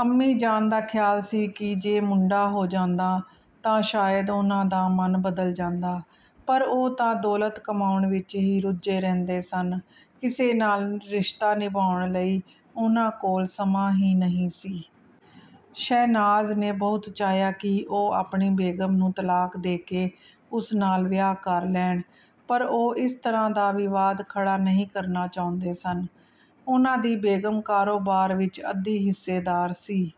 ਅੰਮੀ ਜਾਨ ਦਾ ਖ਼ਿਆਲ ਸੀ ਕਿ ਜੇ ਮੁੰਡਾ ਹੋ ਜਾਂਦਾ, ਤਾਂ ਸ਼ਾਇਦ ਉਹਨਾਂ ਦਾ ਮਨ ਬਦਲ ਜਾਂਦਾ। ਪਰ ਉਹ ਤਾਂ ਦੌਲਤ ਕਮਾਉਣ ਵਿੱਚ ਹੀ ਰੁੱਝੇ ਰਹਿੰਦੇ ਸਨ। ਕਿਸੇ ਨਾਲ ਰਿਸ਼ਤਾ ਨਿਭਾਉਣ ਲਈ ਉਹਨਾਂ ਕੋਲ ਸਮਾਂ ਹੀ ਨਹੀਂ ਸੀ। ਸ਼ਹਿਨਾਜ਼ ਨੇ ਬਹੁਤ ਚਾਹਿਆ ਕਿ ਉਹ ਆਪਣੀ ਬੇਗ਼ਮ ਨੂੰ ਤਲਾਕ ਦੇ ਕੇ ਉਸ ਨਾਲ ਵਿਆਹ ਕਰ ਲੈਣ, ਪਰ ਉਹ ਇਸ ਤਰ੍ਹਾਂ ਦਾ ਵਿਵਾਦ ਖੜ੍ਹਾ ਨਹੀਂ ਕਰਨਾ ਚਾਹੁੰਦੇ ਸਨ। ਉਹਨਾਂ ਦੀ ਬੇਗ਼ਮ ਕਾਰੋਬਾਰ ਵਿੱਚ ਅੱਧੀ ਹਿੱਸੇਦਾਰ ਸੀ।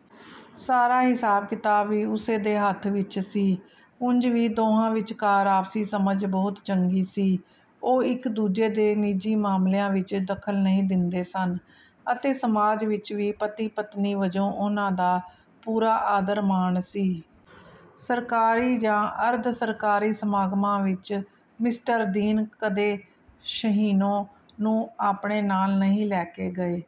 ਸਾਰਾ ਹਿਸਾਬ-ਕਿਤਾਬ ਵੀ ਉਸੇ ਦੇ ਹੱਥ ਵਿੱਚ ਸੀ। ਉਂਝ ਵੀ ਦੋਹਾਂ ਵਿਚਕਾਰ ਆਪਸੀ ਸਮਝ ਬਹੁਤ ਚੰਗੀ ਸੀ। ਉਹ ਇੱਕ-ਦੂਜੇ ਦੇ ਨਿੱਜੀ ਮਾਮਲਿਆਂ ਵਿੱਚ ਦਖ਼ਲ ਨਹੀਂ ਦਿੰਦੇ ਸਨ ਅਤੇ ਸਮਾਜ ਵਿੱਚ ਵੀ ਪਤੀ-ਪਤਨੀ ਵਜੋਂ ਉਹਨਾਂ ਦਾ ਪੂਰਾ ਆਦਰ-ਮਾਣ ਸੀ। ਸਰਕਾਰੀ ਜਾਂ ਅਰਧ-ਸਰਕਾਰੀ ਸਮਾਗਮਾਂ ਵਿੱਚ ਮਿਸਟਰ ਦੀਨ ਕਦੇ ਸ਼ਹੀਨੋ ਨੂੰ ਆਪਣੇ ਨਾਲ ਨਹੀਂ ਲੈ ਕੇ ਗਏ।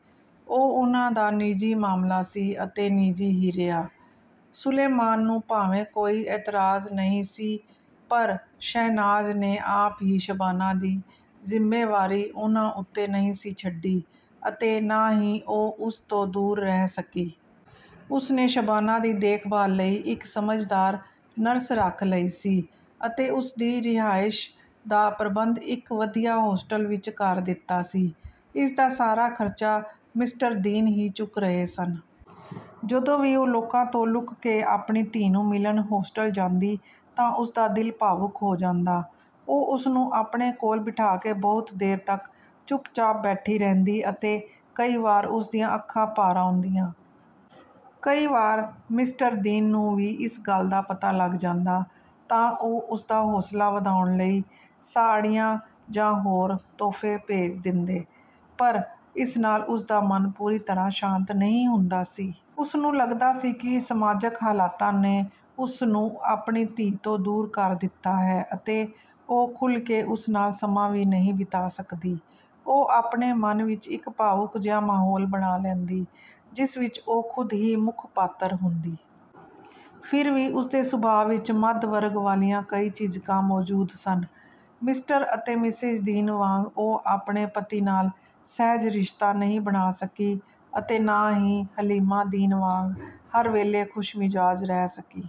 ਉਹ ਉਹਨਾਂ ਦਾ ਨਿੱਜੀ ਮਾਮਲਾ ਸੀ ਅਤੇ ਨਿੱਜੀ ਹੀ ਰਿਹਾ। ਸੁਲੇਮਾਨ ਨੂੰ ਭਾਵੇਂ ਕੋਈ ਇਤਰਾਜ਼ ਨਹੀਂ ਸੀ, ਪਰ ਸ਼ਹਿਨਾਜ਼ ਨੇ ਆਪ ਹੀ ਸ਼ਬਾਨਾ ਦੀ ਜ਼ਿੰਮੇਵਾਰੀ ਉਹਨਾਂ ਉੱਤੇ ਨਹੀਂ ਸੀ ਛੱਡੀ ਅਤੇ ਨਾ ਹੀ ਉਹ ਉਸ ਤੋਂ ਦੂਰ ਰਹਿ ਸਕੀ। ਉਸਨੇ ਸ਼ਬਾਨਾ ਦੀ ਦੇਖਭਾਲ ਲਈ ਇੱਕ ਸਮਝਦਾਰ ਨਰਸ ਰੱਖ ਲਈ ਸੀ ਅਤੇ ਉਸਦੀ ਰਿਹਾਇਸ਼ ਦਾ ਪ੍ਰਬੰਧ ਇੱਕ ਵਧੀਆ ਹੋਸਟਲ ਵਿੱਚ ਕਰ ਦਿੱਤਾ ਸੀ। ਇਸ ਦਾ ਸਾਰਾ ਖਰਚਾ ਮਿਸਟਰ ਦੀਨ ਹੀ ਚੁੱਕ ਰਹੇ ਸਨ। ਜਦੋਂ ਵੀ ਉਹ ਲੋਕਾਂ ਤੋਂ ਲੁਕ ਕੇ ਆਪਣੀ ਧੀ ਨੂੰ ਮਿਲਣ ਹੋਸਟਲ ਜਾਂਦੀ, ਤਾਂ ਉਸਦਾ ਦਿਲ ਭਾਵੁਕ ਹੋ ਜਾਂਦਾ। ਉਹ ਉਸਨੂੰ ਆਪਣੇ ਕੋਲ ਬਿਠਾ ਕੇ ਬਹੁਤ ਦੇਰ ਤੱਕ ਚੁੱਪਚਾਪ ਬੈਠੀ ਰਹਿੰਦੀ ਅਤੇ ਕਈ ਵਾਰ ਉਸਦੀਆਂ ਅੱਖਾਂ ਭਰ ਆਉਂਦੀਆਂ। ਕਈ ਵਾਰ ਮਿਸਟਰ ਦੀਨ ਨੂੰ ਵੀ ਇਸ ਗੱਲ ਦਾ ਪਤਾ ਲੱਗ ਜਾਂਦਾ, ਤਾਂ ਉਹ ਉਸਦਾ ਹੌਸਲਾ ਵਧਾਉਣ ਲਈ ਸਾੜ੍ਹੀਆਂ ਜਾਂ ਹੋਰ ਤੋਹਫ਼ੇ ਭੇਜ ਦਿੰਦੇ। ਪਰ ਇਸ ਨਾਲ ਉਸਦਾ ਮਨ ਪੂਰੀ ਤਰ੍ਹਾਂ ਸ਼ਾਂਤ ਨਹੀਂ ਹੁੰਦਾ ਸੀ। ਉਸਨੂੰ ਲੱਗਦਾ ਸੀ ਕਿ ਸਮਾਜਕ ਹਾਲਾਤਾਂ ਨੇ ਉਸਨੂੰ ਆਪਣੀ ਧੀ ਤੋਂ ਦੂਰ ਕਰ ਦਿੱਤਾ ਹੈ ਅਤੇ ਉਹ ਖੁੱਲ੍ਹ ਕੇ ਉਸ ਨਾਲ ਸਮਾਂ ਵੀ ਨਹੀਂ ਬਿਤਾ ਸਕਦੀ। ਉਹ ਆਪਣੇ ਮਨ ਵਿੱਚ ਇੱਕ ਭਾਵੁਕ ਜਿਹਾ ਮਾਹੌਲ ਬਣਾ ਲੈਂਦੀ, ਜਿਸ ਵਿੱਚ ਉਹ ਖੁਦ ਹੀ ਮੁੱਖ ਪਾਤਰ ਹੁੰਦੀ। ਫਿਰ ਵੀ ਉਸਦੇ ਸੁਭਾਅ ਵਿੱਚ ਮੱਧ ਵਰਗ ਵਾਲੀਆਂ ਕਈ ਝਿਝਕਾਂ ਮੌਜੂਦ ਸਨ। ਮਿਸਟਰ ਅਤੇ ਮਿਸੇਜ ਦੀਨ ਵਾਂਗ ਉਹ ਆਪਣੇ ਪਤੀ ਨਾਲ ਸਹਿਜ ਰਿਸ਼ਤਾ ਨਹੀਂ ਬਣਾ ਸਕੀ ਅਤੇ ਨਾ ਹੀ ਹਲੀਮਾ ਦੀਨ ਵਾਂਗ ਹਰ ਵੇਲੇ ਖੁਸ਼ਮਿਜ਼ਾਜ ਰਹਿ ਸਕੀ।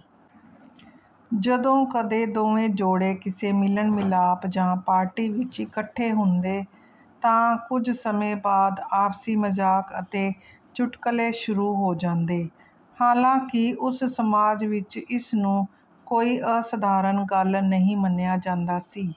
ਜਦੋਂ ਕਦੇ ਦੋਵੇਂ ਜੋੜੇ ਕਿਸੇ ਮਿਲਣ-ਮਿਲਾਪ ਜਾਂ ਪਾਰਟੀ ਵਿੱਚ ਇਕੱਠੇ ਹੁੰਦੇ, ਤਾਂ ਕੁਝ ਸਮੇਂ ਬਾਅਦ ਆਪਸੀ ਮਜ਼ਾਕ ਅਤੇ ਚੁਟਕਲੇ ਸ਼ੁਰੂ ਹੋ ਜਾਂਦੇ। ਹਾਲਾਂਕਿ ਉਸ ਸਮਾਜ ਵਿੱਚ ਇਸ ਨੂੰ ਕੋਈ ਅਸਧਾਰਨ ਗੱਲ ਨਹੀਂ ਮੰਨਿਆ ਜਾਂਦਾ ਸੀ।